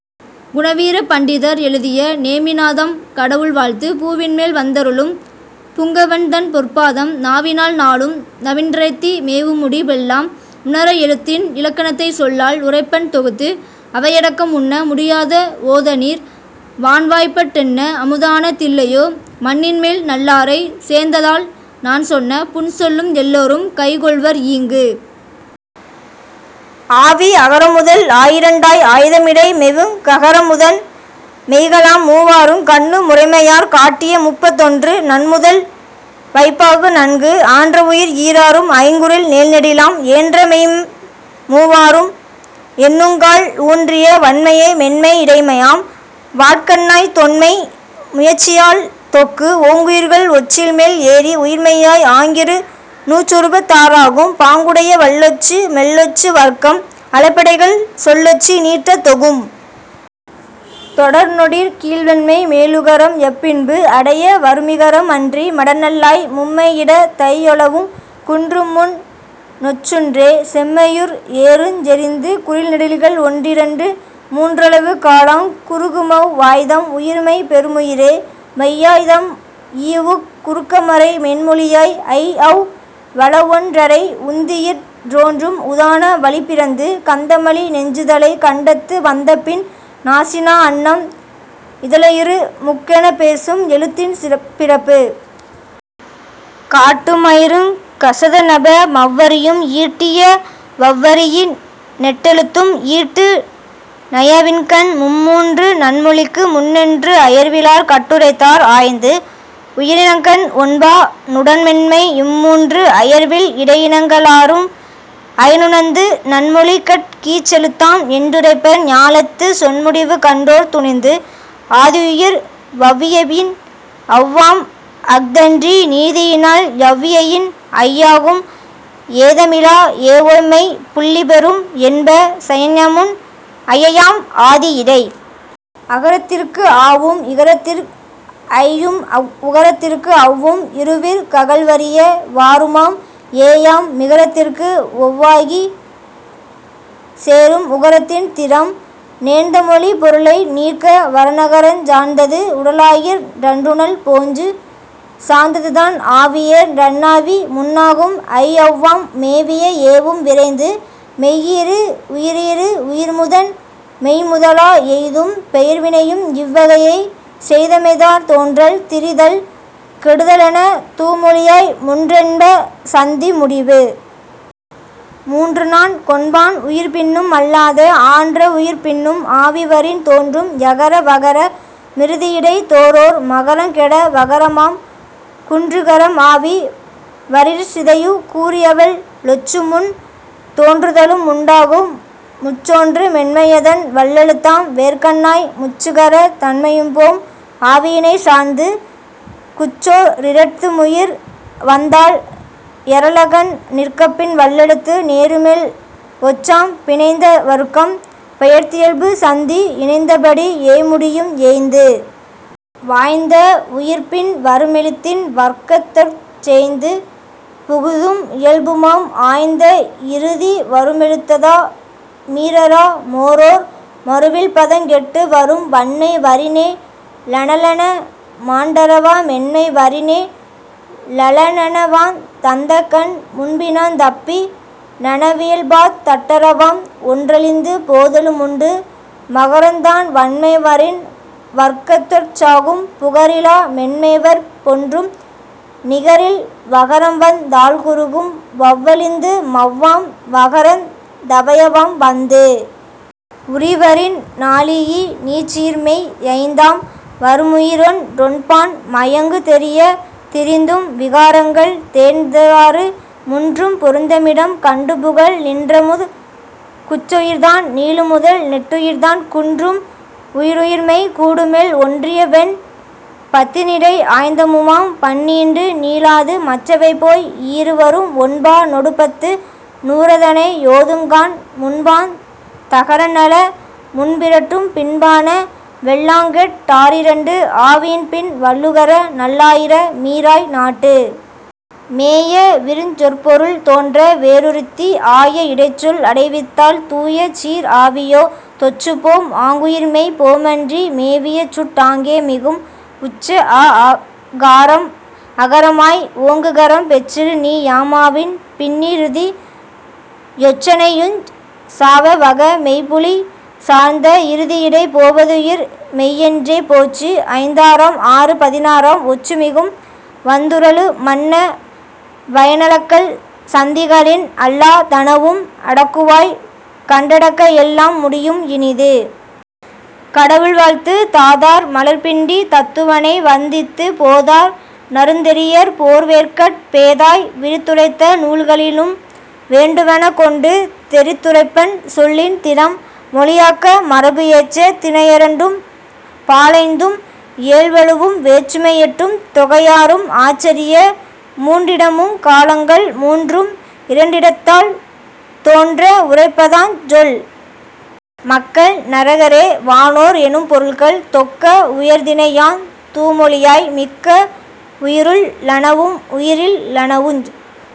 குணவீர பண்டிதர் எழுதிய நேமிநாதம் கடவுள் வாழ்த்து பூவின்மேல் வந்தருளும் புங்கவன்தன் பொற்பாதம் நாவினால் நாளும் நவின்றேத்தி மேவுமுடி பெல்லாம் உணர எழுத்தின் இலக்கணத்தைச் சொல்லால் உரைப்பன் தொகுத்து. அவையடக்கம் உண்ண முடியாத வோதநீர் வான்வாய்ப்பட் டெண்ண அமுதான தில்லையோ மண்ணின்மேல் நல்லாரைச் சேர்ந்தலால் நான்சொன்ன புன்சொல்லும் எல்லோரும் கைகொள்வர் ஈங்கு. ஆவி அகரமுதல் ஆயிரண்டாய் ஆய்தமிடை மெவுங் ககரமுதன் மெய்களாம் மூவாறுங் கண்ணு முறைமையாற் காட்டியமுப் பத்தொன்று நண்ணுமுதல் வைப்பாகு நன்கு. ஆன்றவுயிர் ஈராறும் ஐங்குறில் ஏழ்நெடிலாம் ஏன்றமெய்ம் மூவாறும் எண்ணுங்கால் ஊன்றிய வன்மையே மென்மை யிடைமையாம் வாட்கண்ணாய் தொன்மை முயற்சியால் தொக்கு. ஓங்குயிர்கள் ஒற்றில்மேல் ஏறி உயிர்மெய்யாய் ஆங்கிரு நூற்றொருபத் தாறாகும் பாங்குடைய வல்லொற்று மெல்லொற்று வர்க்கம் அளபெடைகள் சொல்லொற்றி நீட்டத் தொகும். தொடர்நொடிற் கீழ்வன்மை மேலுகரம் யப்பின்பு அடைய வருமிகரம் அன்றி மடநல்லாய் மும்மையிடத் தையௌவுங் குன்றுமுன் னொற்றுண்டேற் செம்மையுயிர் ஏறுஞ் செறிந்து குறில்நெடில்கள் ஒன்றிரண்டு மூன்றளவு காலாங் குறுகுமவ் வாய்தம் உயிர்மெய் பெறுமுயிரே மெய்யாய்தம் இஉக் குறுக்கமரை மென்மொழியாய் ஐஔ வளவொன் றரை. உந்தியிற் றோன்றும் உதான வளிப்பிறந்து கந்தமலி நெஞ்சுதலை கண்டத்து வந்தபின் நாசிநா அண்ணம் இதழெயிறு மூக்கெனப் பேசும் எழுத்தின் பிறப்பு. காட்டு முயிருங் கசதநப மவ்வரியும் ஈட்டிய வவ்வரியி னெட்டெழுத்தும் ஈட்டு ஞயவின்கண் மும்மூன்று நன்மொழிக்கு முன்னென்று அயர்விலார் கட்டுரைத்தார் ஆய்ந்து. உயிரின்கண் ஒன்பா னுடன்மென்மை இம்மூன்று அயர்வில் இடையினங்க ளாறும் நயனுணர்ந்து நன்மொழிகட் கீற்றெழுத்தாம் என்றுரைப்பர் ஞாலத்துச் சொன்முடிவு கண்டோர் துணிந்து. ஆதியுயிர் வவ்வியையின் ஔவாம் அஃதன்றி நீதியினால் யவ்வியையின் ஐயாகும் ஏதமிலா எஒமெய் புள்ளிபெரும் என்ப சஞயமுன் அஐயாம் ஆதி யிடை. அகரத்திற்கு ஆவும் இகரத்திற் ஐயும் உகரத்திற்கு ஔவும் இருவிற் ககல்வரிய வாருமாம் ஏயாம் மிகரத்திற்கு ஒவாகிச் சேரும் உகரத்தின் திறம். நேர்ந்தமொழிப் பொருளை நீக்க வருநகரஞ் சார்ந்தது உடலாயிற் றன்னுடல் போஞ் சார்ந்ததுதான் ஆவியேற் றன்னாவி முன்னாகும் ஐஔவாம் மேவிய ஏவும் விரைந்து. மெய்யீறு உயிரீறு உயிர்முதன் மெய்ம்முதலா எய்தும் பெயர்வினையும் இவ்வகையே செய்தமைத்தாற் தோன்றல் திரிதல் கெடுதலெனத் தூமொழியாய் மூன்றென்ப சந்தி முடிவு. மூன்றுநான் கொன்பான் உயிர்ப்பின்னும் அல்லாத ஆன்ற வுயிர்ப்பின்னும் ஆவிவரின் தோன்றும் யகர வகர மிறுதியிடைத் தோரோர் மகரங் கெட வகரமாம். குற்றுகரம் ஆவி வரிற்சிதையு கூறியவல் லொற்றுமுன் தோன்றுதலும் உண்டாகும் முற்றோன்று மென்மையதன் வல்லெழுத்தாம் வேற்கண்ணாய் முற்றுகரத் தன்மையும்போம் ஆவியினைச் சார்ந்து. குற்றொற் றிரட்டுமுயிர் வந்தால் யரழக்கண் நிற்கப்பின் வல்லெழுத்து நேருமேல் ஒற்றாம் பிணைந்த வருக்கம் பெயர்த்தியல்பு சந்தி யிணைந்தபடி யேமுடியும் ஏய்ந்து. வாய்ந்த வுயிர்ப்பின் வருமெழுத்தின் வர்க்கத்தொற் றேய்ந்து புகுதும் இயல்புமாம் ஆய்ந்த இறுதி வருமெழுத்ததா மீறரா மோரோர் மறுவில்பதங் கெட்டு வரும் வன்மை வரினே ளணலன மாண்டறவா மென்மை வரினே ளலணனவாந் தந்நக்கண் முன்பின்னாந் தப்பி னணவியல்பாத் தட்டறவாம் ஒன்றழிந்து போதலு முண்டு. மகரந்தான் வன்மைவரின் வர்கத்தொற் றாகும் புகரிலா மென்மைவரிற் பொன்றும் நிகரில் வகரம்வந் தால்குறுகும் வவ்வழிந்து மவ்வாம் மகரந் தவயவாம் வந்து. உரிவரின் நாழியி னீற்றுயிர்மெய் யைந்தாம் வருமுயிரொன் றொன்பான் மயங்குந் தெரியத் திரிந்தும் விகாரங்கள் தேர்ந்தாறு முன்றும் பொருந்தமிடம் கண்டு புகல். நின்றமுதற் குற்றுயிர்தான் நீளுமுதல் நெட்டுயிர்தான் குன்றும் உயிருயிர்மெய் கூடுமேல் ஒன்றியவெண் பத்தினிடை ஆய்தமுமாம் பந்நீண்டு நீளாது மற்றவைபோய் ஈறு வரும். ஒன்பா னொடுபத்து நூறதனை யோதுங்கான் முன்பாந் தகரணள முன்பிரட்டும் பின்பான வெல்லாங்கெட் டாறிரண்டு ஆவியின்பின் வல்லுகர நல்லா யிரமீறாய் நாட்டு. மேய விருசொற்பொருள்தோன்ற வேறிருத்தி ஆய இடைச்சொல் அடைவித்தால் தூயசீர் ஆவிபோ மொற்றுப்போம் ஆங்குயிர்மெய் போமன்றி மேவியசுட் டாங்கே மிகும். உற்றஆ காரம் அகரமாய் ஓங்குகரம் பெற்றிடுநீ யாமாவின் பின்னிறுதி யொற்றணையுஞ் சாவவக மென்புழிச் சார்ந்த இறுதியிடைப் போவதுயிர் மெய்யென்றே போற்று. ஐந்தாறாம் ஆறு பதினாறாம் ஒற்றுமிகும் வந்துறழு மன்ன வயனலக்கள் சந்திகளின் அல்லா தனவும் அடக்குவாய் கண்டடக்க எல்லாம் முடியும் இனிது. கடவுள் வாழ்த்து தாதார் மலர்பிண்டித் தத்துவனை வந்தித்துப் போதார் நறுந்தெரியற் போர்வேற்கட் பேதாய் விரித்துரைத்த நூல்களினும் வேண்டுவன கொண்டு தெரித்துரைப்பன் சொல்லின் திறம்.. மொழியாக்க மரபு ஏற்ற திணையரண்டும் பாலைந்தும் ஏழ்வழுவும் வேற்றுமை எட்டும் தொகையாறும் ஆற்றரிய மூன்றிடமுங் காலங்கள் மூன்றும் இரண்டிடத்தால் தோன்ற வுரைப்பதாஞ் சொல். மக்கள் நரகரே வானோர் எனும்பொருள்கள் தொக்க வுயர்திணையாந் தூமொழியாய் மிக்க வுயிருள் ளனவும் உயிரில் லனவுஞ்।